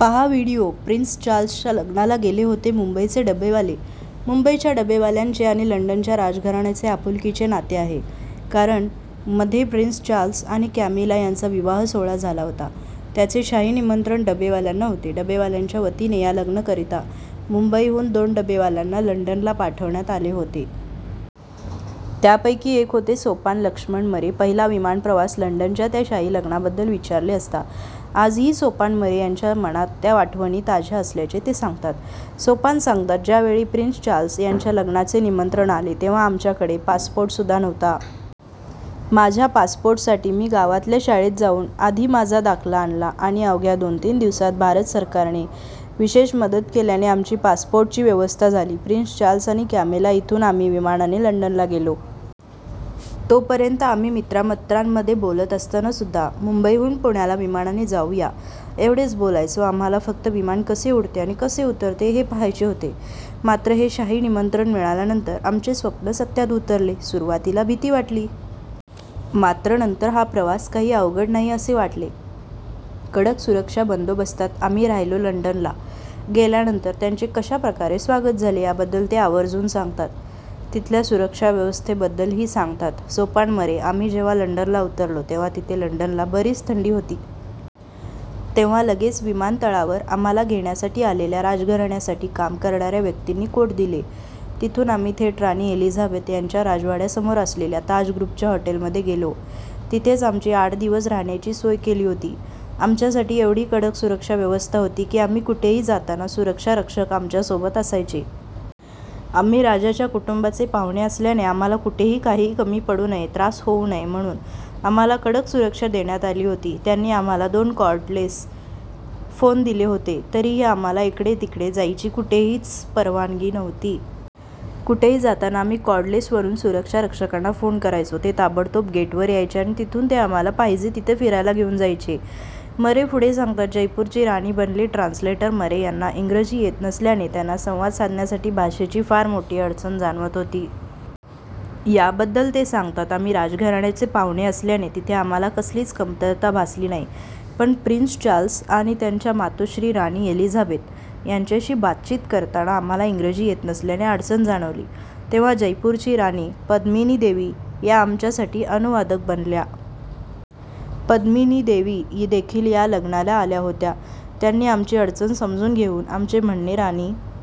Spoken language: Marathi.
पाहा व्हिडिओ: प्रिन्स चार्ल्सच्या लग्नाला गेले होते मुंबईचे डबेवाले! मुंबईच्या डबेवाल्यांचे आणि लंडनच्या राजघराण्याचे आपुलकीचे नाते आहे. कारण मध्ये प्रिन्स चार्ल्स आणि कॅमिला यांचा विवाहसोहळा झाला होता. त्याचे शाही निमंत्रण डबेवाल्यांना होते. डबेवाल्यांच्या वतीने या लग्नाकरिता मुंबईहून दोन डबेवाल्यांना लंडनला पाठवण्यात आले होते. त्यापैकी एक होते सोपान लक्ष्मण मरे. पहिला विमानप्रवास - लंडनच्या त्या शाही लग्नाबद्दल विचारले असता आजही सोपान मरे यांच्या मनात त्या आठवणी ताज्या असल्याचे ते सांगतात. सोपान सांगतात, "ज्यावेळी प्रिन्स चार्ल्स यांच्या लग्नाचे निमंत्रण आले तेव्हा आमच्याकडे पासपोर्टसुद्धा नव्हता. माझ्या पासपोर्टसाठी मी गावातल्या शाळेत जाऊन आधी माझा दाखला आणला आणि अवघ्या दोन-तीन दिवसांत भारत सरकारने विशेष मदत केल्याने आमची पासपोर्टची व्यवस्था झाली." प्रिन्स चार्ल्स आणि कॅमिला - "इथून आम्ही विमानाने लंडनला गेलो. तोपर्यंत आम्ही मित्रा-मित्रांमध्ये बोलत असतानासुद्धा मुंबईहून पुण्याला विमानाने जाऊ या, एवढेच बोलायचो. आम्हाला फक्त विमान कसे उडते आणि कसे उतरते हे पाहायचे होते. मात्र हे शाही निमंत्रण मिळाल्यानंतर आमचे स्वप्न सत्यात उतरले. सुरुवातीला भीती वाटली. मात्र नंतर हा प्रवास काही अवघड नाही असे वाटले." कडक सुरक्षा बंदोबस्तात आम्ही राहिलो - लंडनला गेल्यानंतर त्यांचे कशा प्रकारे स्वागत झाले, याबद्दल ते आवर्जून सांगतात. तिथल्या सुरक्षाव्यवस्थेबद्दलही सांगतात. सोपान मरे - "आम्ही जेव्हा लंडनला उतरलो, तेव्हा तिथे लंडनला बरीच थंडी होती. तेव्हा लगेच विमानतळावर आम्हाला घेण्यासाठी आलेल्या राजघराण्यासाठी काम करणाऱ्या व्यक्तींनी कोट दिले. तिथून आम्ही थेट राणी एलिझाबेथ यांच्या राजवाड्यासमोर असलेल्या ताज ग्रुपच्या हॉटेलमध्ये गेलो. तिथेच आमची आठ दिवस राहण्याची सोय केली होती. आमच्यासाठी एवढी कडक सुरक्षा व्यवस्था होती की, आम्ही कुठेही जाताना सुरक्षारक्षक आमच्यासोबत असायचे." "आम्ही राजाच्या कुटुंबाचे पाहुणे असल्याने आम्हाला कुठेही काहीही कमी पडू नये, त्रास होऊ नये म्हणून आम्हाला कडक सुरक्षा देण्यात आली होती. त्यांनी आम्हाला दोन कॉर्डलेस फोन दिले होते. तरीपण आम्हाला इकडे तिकडे जायची कुठेच परवानगी नव्हती. कुठेही जाताना आम्ही कॉर्डलेसवरून सुरक्षा रक्षकांना फोन करायचो. ते ताबडतोब गेटवर यायचे आणि तिथून ते आम्हाला पाहिजे तिथे फिरायला घेऊन जायचे," मरे पुढे सांगतात. जयपूरची राणी बनली ट्रान्सलेटर - मरे यांना इंग्रजी येत नसल्याने त्यांना संवाद साधण्यासाठी भाषेची फार मोठी अडचण जाणवत होती. याबद्दल ते सांगतात, "आम्ही राजघराण्याचे पाहुणे असल्याने तिथे आम्हाला कसलीच कमतरता भासली नाही. पण प्रिन्स चार्ल्स आणि त्यांच्या मातोश्री राणी एलिझाबेथ यांच्याशी बातचीत करताना आम्हाला इंग्रजी येत नसल्याने अडचण जाणवली. तेव्हा जयपूरची राणी पद्मिनीदेवी या आमच्यासाठी अनुवादक बनल्या. पद्मिनीदेवी देखील या लग्नाला आल्या होत्या. त्यांनी आमची अडचण समजून घेऊन आमचे म्हणणे राणी